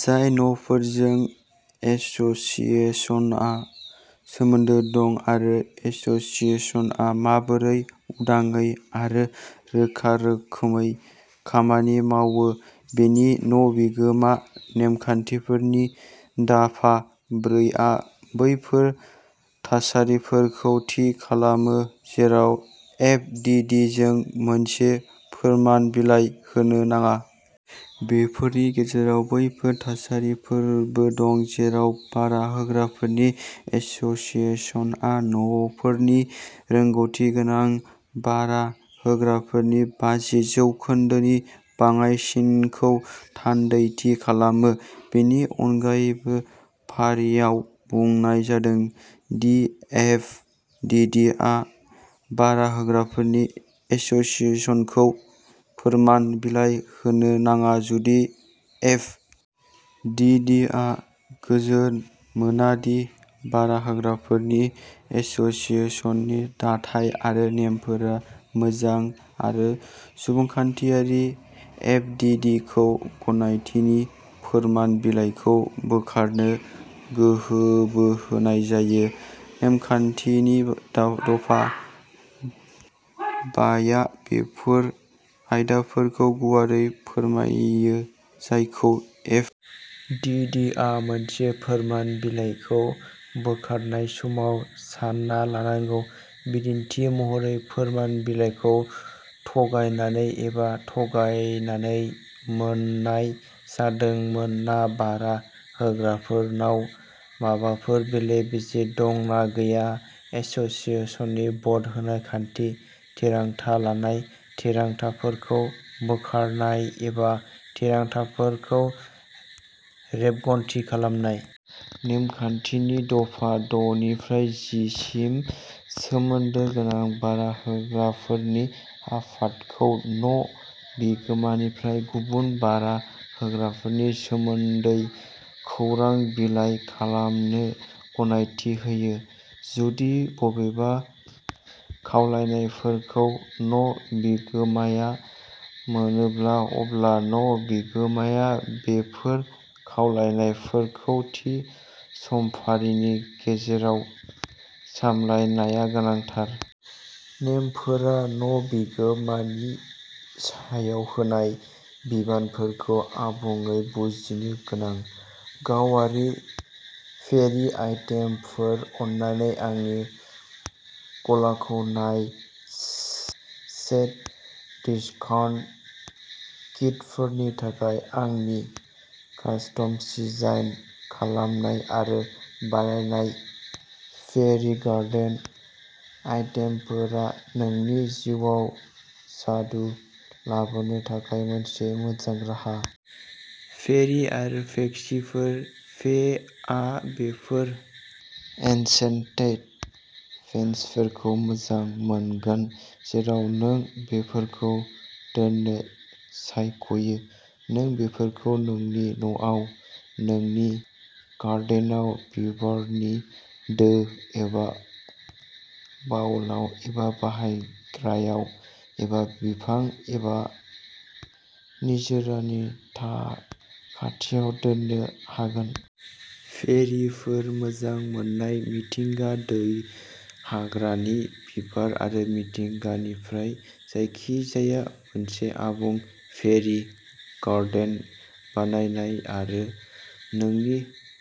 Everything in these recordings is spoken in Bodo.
जाय न'फोरजों एस'सिएशनआ सोमोन्दो दं आरो एस'सिएशनआ माबोरै उदाङै आरो रोखा रोखोमै खामानि मावो बेनि न' बिगोमा। नेमखान्थिफोरनि दाफा ब्रैआ बैफोर थासारिफोरखौ थि खालामो जेराव एफ. टि. टि. जों मोनसे फोरमान बिलाइ होनो नाङा। बेफोरनि गेजेराव बैफोर थासारिफोरबो दं जेराव भारा होग्राफोरनि एस'सिएशनआ न'फोरनि रोंग'थि गोनां भारा होग्राफोरनि बाजि जौखोन्दोनि बाङाइसिनखौ थान्दैथि खालामो। बेनि अनगायैबो फारियाव बुंनाय जादों दि एफ. टि. टि. आ भारा होग्राफोरनि एस'सिएशनखौ फोरमान बिलाइ होनो नाङा जुदि एफ. दि. दि. आ गोजोन मोना दि भारा होग्राफोरनि एस'सिएशननि दाथाइ आरो नेमफोरा मोजां आरो सुबुंखान्थियारि। एफ. दि. दि. खौ गनायथिनि फोरमान बिलाइखौ बोखारनो गोहोबो होनाय जायो। नेमखान्थिनि दफा बा या बैफोर आयदाफोरखौ गुवारै फोरमायो जायखौ एफ. टि. टि. आ मोनसे फोरमान बिलाइखौ बोखारनाय समाव सानना लानांगौ बिदिन्थि महरै फोरमान बिलाइखौ थगायनानै एबा थगायनानै मोन्नाय जादोंमोन ना भारा होग्राफोरनाव माबाफोर बेले-बेजे दं ना गैया। एस'सिएशननि भट होनाय खान्थि, थिरांथा लानाय, थिरांथाफोरखौ बाहायनाय एबा थिरांथाफोरखौ रेबगन्थि खालामनाय। नेमखान्थिनि दफा द' निफ्राय जि सिम सोमोन्दो गोनां भारा होग्राफोरनि आफादखौ न' बिगोमानिफ्राय गुबुन भारा होग्राफोरनि सोमोन्दै खौरां बिनाय खालामनो गनायथि होयो। जुदि बबेबा खावलायनायफोरखौ न' बिगोमाया मोनोब्ला अब्ला न' बिगोमाया बेफोर खावलायनायफोरखौ थि समफारिनि गेजेराव सामलायनाया गोनांथार। नेमफोरा न' बिगोमानि सायाव होनाय बिबानफोरखौ आबुङै बुजिनो गोनां। गावारि, फेयरी आइटेमफोर, अन्नानै आंनि गलाखौ नाय सेट डिसकाउन्ट किटफोरनि थाखाय। आंनि कास्टम डिजाइन खालामनाय आरो बानायनाय फेयरी गार्डेन आइटेमफोरा नोंनि जिउआव जादु लाबोनो थाखाय मोनसे मोजां राहा। फेयरी आरो पिक्सीफोर, "फे" आ बेफोर एनचेन्टेड बेन्चफोरखौ मोजां मोनगोन जेराव नों बेफोरखौ दोननो सायख'यो। नों बेफोरखौ नोंनि न'आव, नोंनि गार्डेनआव, बिबारनि दो एबा बाउलआव एबा बाहायग्रायाव एबा बिफां एबा निजोरानि खाथियाव दोननो हागोन। फेयरीफोर मोजां मोननाय मिथिंगा, दै, हाग्रानि बिबार आरो मिथिंगानिफ्राय जायखिजाया मोनसे आबुं फेयरी गार्डेन बानायनाय आरो नोंनि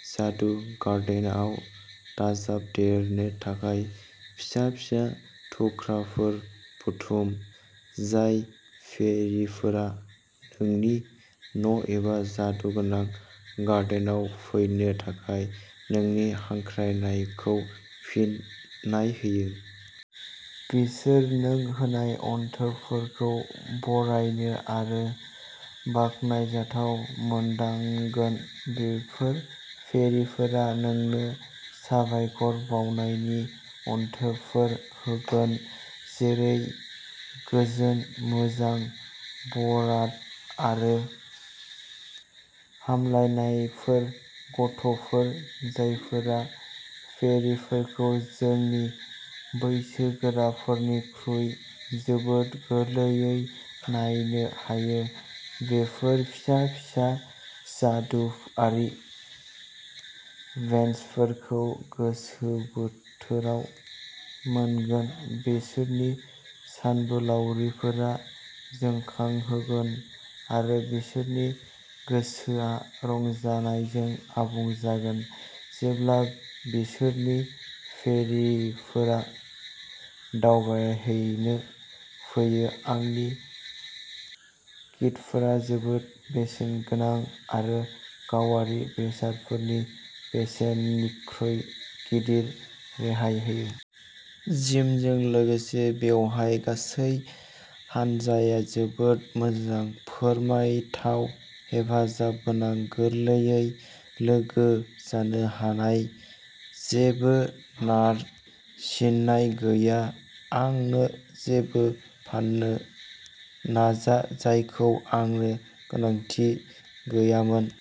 जादु गार्डेनआव दाजाबदेरनो थाखाय फिसा फिसा थुख्राफोर बुथुम जाय फेयरीफोरा नोंनि न' एबा जादुगोनां गार्डेनआव फैनो थाखाय नोंनि हांख्रायनायखौ फिन्नाय होयो। बिसोर नों होनाय अनथोबफोरखौ बरायनो आरो बाखनायजाथाव मोनदांगोन। बेफोर फेयरीफोरा नोंनो साबायखर बावनायनि अनथोबफोर होगोन जेरै गोजोन, मोजां बराद आरो हामलायनायफोर। गथ'फोर जायफोरा फेयरीफोरखौ जोंनि बैसोगोराफोरनिख्रुइ जोबोद गोरलैयै नायनो हायो बेफोर फिसा फिसा जादुआरि बेन्चफोरखौ गोसोबोथोराव मोनगोन बिसोरनि सानबोलावरिफोरा जोंखांहोगोन आरो बिसोरनि गोसोआ रंजानायजों आबुं जागोन जेब्ला बिसोरनि फेयरीफोरा दावबायहैनो फैयो आंनि किटफोरा जोबोद बेसेनगोनां आरो गावारि बेसादफोरनि बेसेननिख्रुय "गिदिर" रेहाय होयो। जिमजों लोगोसे बेवहाय गासै हानजाया जोबोद मोजां। फोरमायथाव, हेफाजाबगोनां, गोरलैयै लोगो जानो हानाय। जेबो नारसिननाय गैया, आंनो जेबो फाननो नाजा, जायखौ आंनो गोनांथि गैयामोन।